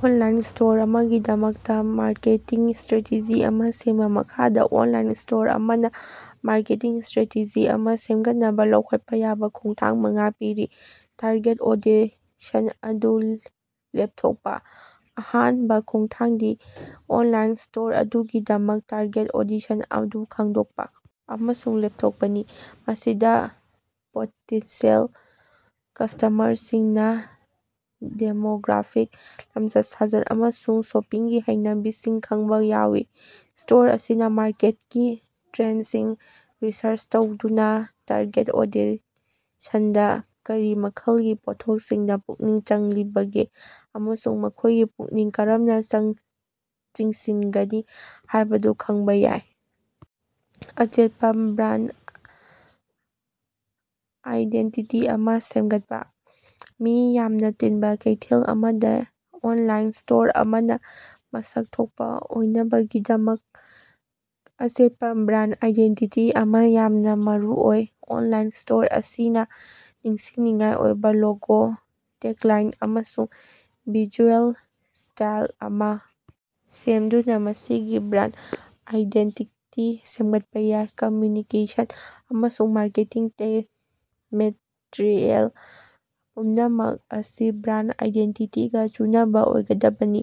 Online store ꯑꯃꯒꯤꯗꯃꯛ marketing strategy ꯑꯃ ꯁꯦꯝꯕꯥ꯫ ꯃꯈꯥꯗ ꯑꯣꯟꯂꯥꯏꯟ ꯁ꯭ꯇꯣꯔ ꯑꯃꯅꯥ ꯃꯥꯔꯀꯦꯇꯤꯡ ꯁꯇ꯭ꯔꯦꯇꯦꯖꯤ ꯑꯃ ꯁꯦꯝꯒꯠꯅꯕꯥ ꯂꯧꯈꯠꯄꯥ ꯌꯥꯕ ꯈꯣꯡꯊꯥꯡ ꯃꯉꯥ ꯄꯤꯔꯤ: ꯇꯥꯔꯒꯦꯠ ꯑꯣꯗꯤꯁꯟ ꯑꯗꯨ ꯂꯦꯞꯊꯣꯛꯄꯥ: ꯑꯍꯥꯟꯕꯥ ꯈꯣꯡꯊꯥꯡꯗꯤ ꯑꯣꯟꯂꯥꯏꯟ ꯁ꯭ꯇꯣꯔ ꯑꯗꯨꯒꯤꯗꯃꯛ ꯇꯥꯔꯒꯦꯠ ꯑꯣꯗꯤꯁꯟ ꯑꯗꯨ ꯈꯪꯗꯣꯛꯄꯥ ꯑꯃꯁꯨꯡ ꯂꯦꯞꯊꯣꯛꯄꯅꯤ꯫ ꯃꯁꯤꯗꯥ ꯄꯣꯇꯦꯟꯁꯤꯌꯦꯜ ꯀ꯭ꯁꯇꯃꯔꯁꯤꯡꯒꯤ ꯗꯦꯃꯣꯒ꯭ꯔꯥꯐꯤꯛ, ꯂꯝꯆꯠ-ꯁꯥꯖꯠ ꯑꯃꯁꯨꯡ ꯁꯣꯄꯤꯡꯒꯤ ꯍꯩꯅꯕꯤꯁꯤꯡ ꯈꯪꯕꯥ ꯌꯥꯎꯏ꯫ ꯁ꯭ꯇꯣꯔ ꯑꯁꯤꯅ ꯃꯥꯔꯀꯦꯠꯀꯤ ꯇ꯭ꯔꯦꯟꯁꯤꯡ ꯔꯤꯁꯔꯁ ꯇꯧꯗꯨꯅꯥ ꯇꯥꯔꯒꯦꯠ ꯑꯣꯗꯤꯁꯟꯗꯥ ꯀꯔꯤ ꯃꯈꯜꯒꯤ ꯄꯣꯠꯊꯣꯛꯁꯤꯡꯗꯥ ꯄꯨꯛꯅꯤꯡ ꯆꯪꯂꯤꯕꯒꯦ ꯑꯃꯁꯨꯡ ꯃꯈꯣꯏꯒꯤ ꯄꯨꯛꯅꯤꯡ ꯀꯔꯝꯅꯥ ꯆꯤꯡꯁꯤꯟꯒꯅꯤ ꯍꯥꯏꯕꯗꯨ ꯈꯪꯕꯥ ꯌꯥꯏ꯫ ꯑꯆꯦꯠꯄꯥ ꯕ꯭ꯔꯥꯟ ꯑꯥꯏꯗꯦꯟꯇꯤꯇꯤ ꯑꯃ ꯁꯦꯝꯒꯠꯄꯥ: ꯃꯤ ꯌꯥꯝꯅ ꯇꯤꯟꯕꯥ ꯀꯩꯊꯦꯜ ꯑꯃꯗꯥ ꯑꯣꯟꯂꯥꯏꯟ ꯁ꯭ꯇꯣꯔ ꯑꯃꯅꯥ ꯃꯁꯛ ꯊꯣꯛꯄꯥ ꯑꯣꯏꯅꯕꯒꯤꯗꯃꯛ ꯑꯆꯦꯠꯄꯥ ꯕ꯭ꯔꯥꯟ ꯑꯥꯏꯗꯦꯟꯇꯤꯇꯤ ꯑꯃ ꯌꯥꯝꯅ ꯃꯔꯨꯑꯣꯏ꯫ ꯑꯣꯟꯂꯥꯏꯟ ꯁ꯭ꯇꯣꯔ ꯑꯁꯤꯅ ꯅꯤꯡꯁꯤꯡꯅꯤꯡꯉꯥꯏ ꯑꯣꯏꯕ ꯂꯣꯒꯣ, ꯇꯦꯒꯂꯥꯏꯟ, ꯑꯃꯁꯨꯡ ꯚꯤꯖꯨꯑꯦꯜ ꯁ꯭ꯇꯥꯏꯜ ꯑꯃ ꯁꯦꯝꯗꯨꯅꯥ ꯃꯁꯤꯒꯤ ꯕ꯭ꯔꯥꯟ ꯑꯥꯏꯗꯦꯟꯇꯤꯇꯤ ꯁꯦꯝꯒꯠꯄꯥ ꯌꯥꯏ꯫ ꯀꯝꯃ꯭ꯌꯨꯅꯤꯀꯦꯁꯟ ꯑꯃꯁꯨꯡ ꯃꯥꯔꯀꯦꯇꯤꯡ ꯃꯦꯇꯔꯤꯑꯦꯜ ꯄꯨꯝꯅꯃꯛ ꯑꯁꯤ ꯕ꯭ꯔꯥꯟ ꯑꯥꯏꯗꯦꯟꯇꯤꯇꯤꯒꯥ ꯆꯨꯅꯕꯥ ꯑꯣꯏꯒꯗꯕꯅꯤ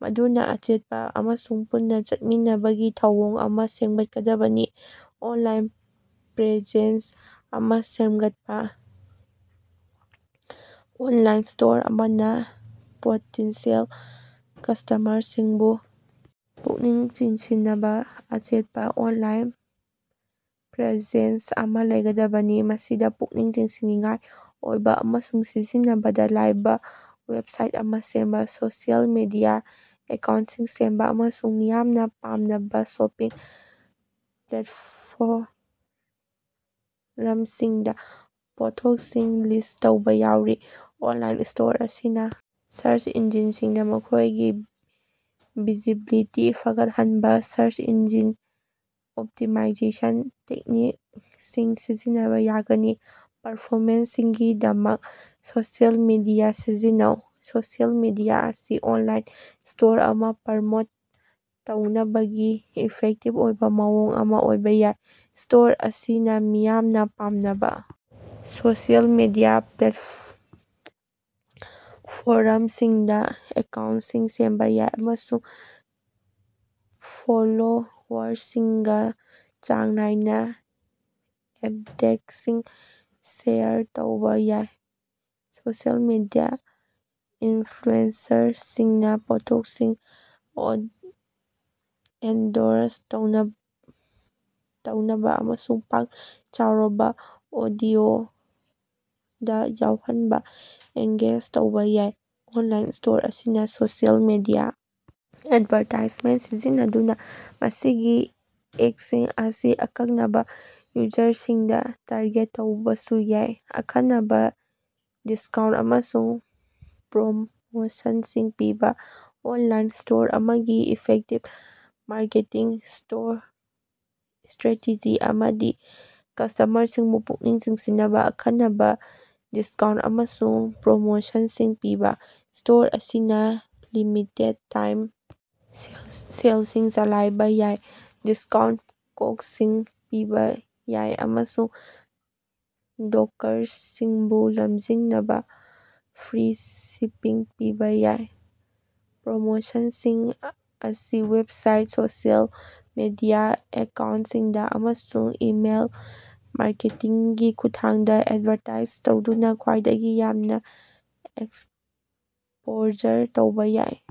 ꯃꯗꯨꯅꯥ ꯑꯆꯦꯠꯄꯥ ꯑꯃꯁꯨꯡ ꯄꯨꯟꯅꯥ ꯆꯠꯃꯤꯟꯅꯕꯒꯤ ꯊꯧꯑꯣꯡ ꯑꯃ ꯁꯦꯝꯒꯠꯀꯗꯕꯅꯤ꯫ ꯑꯣꯟꯂꯥꯏꯟ ꯄ꯭ꯔꯦꯖꯦꯟꯁ ꯑꯃ ꯁꯦꯃꯒꯠꯄꯥ: ꯑꯣꯟꯂꯥꯏꯟ ꯁ꯭ꯇꯣꯔ ꯑꯃꯅꯥ ꯄꯣꯇꯦꯟꯁꯤꯌꯦꯜ ꯀꯁ꯭ꯇꯃꯔꯁꯤꯡꯕꯨ ꯄꯨꯛꯅꯤꯡ ꯆꯤꯡꯁꯤꯟꯅꯕꯥ ꯑꯆꯦꯠꯄꯥ ꯑꯣꯟꯂꯥꯏꯟ ꯄ꯭ꯔꯦꯖꯦꯟꯁ ꯑꯃ ꯂꯩꯒꯗꯕꯅꯤ꯫ ꯃꯁꯤꯗꯥ ꯄꯨꯛꯅꯤꯡ ꯆꯤꯡꯁꯤꯟꯅꯤꯡꯉꯥꯏ ꯑꯣꯏꯕ ꯑꯃꯁꯨꯡ ꯁꯤꯖꯤꯟꯅꯕꯗꯥ ꯂꯥꯏꯕ ꯋꯦꯕꯁꯥꯏꯠ ꯑꯃ ꯁꯦꯝꯕꯥ, ꯁꯣꯁꯤꯑꯦꯜ ꯃꯤꯗꯤꯌꯥ ꯑꯦꯀꯥꯎꯟꯁꯤꯡ ꯁꯦꯝꯕꯥ, ꯑꯃꯁꯨꯡ ꯃꯤꯌꯥꯝꯅ ꯄꯥꯝꯅꯕ ꯁꯣꯄꯤꯡ ꯄ꯭ꯂꯦꯠꯐꯣꯔꯝꯁꯤꯡꯗꯥ ꯄꯣꯠꯊꯣꯛꯁꯤꯡ ꯂꯤꯁ ꯇꯧꯕ ꯌꯥꯎꯔꯤ꯫ ꯑꯣꯟꯂꯥꯏꯟ ꯁ꯭ꯇꯣꯔ ꯑꯁꯤꯅ ꯁꯔꯁ ꯏꯟꯖꯤꯟꯁꯤꯡꯗꯥ ꯃꯈꯣꯏꯒꯤ ꯚꯤꯖꯤꯕꯤꯂꯤꯇꯤ ꯐꯒꯠꯍꯟꯅꯕꯥ ꯁꯔꯁ ꯏꯟꯖꯤꯟ ꯑꯣꯞꯇꯤꯃꯥꯏꯖꯦꯁꯟ ꯇꯦꯛꯅꯤꯛꯁꯤꯡ ꯁꯤꯖꯤꯟꯅꯕꯥ ꯌꯥꯒꯅꯤ꯫ ꯄ꯭ꯔꯃꯣꯁꯟꯒꯤꯗꯃꯛ ꯁꯣꯁꯤꯑꯦꯜ ꯃꯤꯗꯤꯌꯥ ꯁꯤꯖꯤꯟꯅꯧ: ꯁꯣꯁꯤꯑꯦꯜ ꯃꯤꯗꯤꯌꯥ ꯑꯁꯤ ꯑꯣꯟꯂꯥꯏꯟ ꯁ꯭ꯇꯣꯔ ꯑꯃ ꯄ꯭ꯔꯃꯣꯠ ꯇꯧꯅꯕꯒꯤ ꯏꯐꯦꯛꯇꯤꯕ ꯑꯣꯏꯕ ꯃꯑꯣꯡ ꯑꯃ ꯑꯣꯏꯕ ꯌꯥꯏ꯫ ꯁ꯭ꯇꯣꯔ ꯑꯁꯤꯅ ꯃꯤꯌꯥꯝꯅ ꯄꯥꯝꯅꯕ ꯁꯣꯁꯤꯑꯦꯜ ꯃꯤꯗꯤꯌꯥ ꯄ꯭ꯂꯦꯠꯐꯣꯔꯝꯁꯤꯡꯗꯥ ꯑꯦꯀꯥꯎꯟꯁꯤꯡ ꯁꯦꯝꯕꯥ ꯌꯥꯏ ꯑꯃꯁꯨꯡ ꯐꯣꯂꯣꯋꯔꯁꯤꯡꯒꯥ ꯆꯥꯡ ꯅꯥꯏꯅ ꯑꯞꯗꯦꯠꯁꯤꯡ ꯁꯦꯌꯔ ꯇꯧꯕ ꯌꯥꯏ꯫ ꯁꯣꯁꯤꯑꯦꯜ ꯃꯤꯗꯤꯌꯥ ꯏꯟꯐ꯭ꯂꯨꯑꯦꯟꯖꯔꯁꯤꯡꯅꯥ ꯄꯣꯠꯊꯣꯛꯁꯤꯡ ꯑꯦꯟꯗꯣꯔꯁ ꯇꯧꯅꯕꯥ ꯑꯃꯁꯨꯡ ꯄꯥꯛ ꯆꯥꯎꯔꯕ ꯑꯣꯗꯤꯑꯣꯗꯥ ꯌꯧꯍꯟꯅꯕꯥ ꯑꯦꯡꯒꯦꯖ ꯇꯧꯕ ꯌꯥꯏ꯫ ꯑꯣꯟꯂꯥꯏꯟ ꯁ꯭ꯇꯣꯔ ꯑꯁꯤꯅ ꯁꯣꯁꯤꯑꯦꯜ ꯃꯤꯗꯤꯌꯥ ꯑꯦꯗꯚꯥꯔꯇꯥꯏꯖꯃꯦꯟ ꯁꯤꯖꯤꯟꯅꯗꯨꯅꯥ ꯃꯁꯤꯒꯤ ꯑꯦꯠꯁꯤꯡ ꯑꯁꯤ ꯑꯀꯛꯅꯕꯥ ꯌꯨꯖꯔꯁꯤꯡꯗꯥ ꯇꯥꯔꯒꯦꯠ ꯇꯧꯕꯁꯨ ꯌꯥꯏ꯫ ꯑꯈꯟꯅꯕꯥ ꯗꯤꯁꯀꯥꯎꯟ ꯑꯃꯁꯨꯡ ꯄ꯭ꯔꯣꯃꯣꯁꯟꯁꯤꯡ ꯄꯤꯕꯥ: ꯑꯣꯟꯂꯥꯏꯟ ꯁ꯭ꯇꯣꯔ ꯑꯃꯒꯤ ꯏꯐꯦꯛꯇꯤꯕ ꯃꯥꯔꯀꯦꯇꯤꯡ ꯁꯇ꯭ꯔꯦꯇꯦꯖꯤ ꯑꯃꯗꯤ ꯀꯁ꯭ꯇꯃꯔꯁꯤꯡꯕꯨ ꯄꯨꯛꯅꯤꯡ ꯆꯤꯡꯁꯤꯟꯅꯕꯥ ꯑꯈꯟꯅꯕꯥ ꯗꯤꯁꯀꯥꯎꯟ ꯑꯃꯁꯨꯡ ꯄ꯭ꯔꯣꯃꯣꯁꯟꯁꯤꯡ ꯄꯤꯕꯅꯤ꯫ ꯁ꯭ꯇꯣꯔ ꯑꯁꯤꯅ ꯂꯤꯃꯤꯇꯦꯗꯠ-ꯇꯥꯏꯝ ꯁꯦꯜꯁꯤꯡ ꯆꯂꯥꯏꯕꯥ ꯌꯥꯏ, ꯗꯤꯁꯀꯥꯎꯟ ꯀꯣꯠꯁꯤꯡ ꯄꯤꯕꯥ ꯌꯥꯏ ꯑꯃꯁꯨꯡ ꯗꯣꯀꯔꯁꯤꯡꯕꯨ ꯂꯝꯖꯤꯡꯅꯕꯥ ꯐ꯭ꯔꯤ ꯁꯤꯄꯤꯡ ꯄꯤꯕꯥ ꯌꯥꯏ꯫ ꯄ꯭ꯔꯣꯃꯣꯁꯟꯁꯤꯡ ꯑꯁꯤ ꯋꯦꯕꯁꯥꯏꯠ, ꯁꯣꯁꯤꯑꯦꯜ ꯃꯤꯗꯤꯌꯥ ꯑꯦꯀꯥꯎꯟꯁꯤꯡꯗꯥ, ꯑꯃꯁꯨꯡ ꯏꯃꯦꯜ ꯃꯥꯔꯀꯦꯇꯤꯡꯒꯤ ꯈꯨꯠꯊꯥꯡꯗꯥ ꯑꯦꯗꯚꯥꯔꯇꯥꯏꯖ ꯇꯧꯗꯨꯅꯥ ꯈ꯭ꯋꯥꯏꯗꯒꯤ ꯌꯥꯝꯅ ꯑꯦꯛꯁꯄꯣꯖꯔ ꯇꯧꯕ ꯌꯥꯏ꯫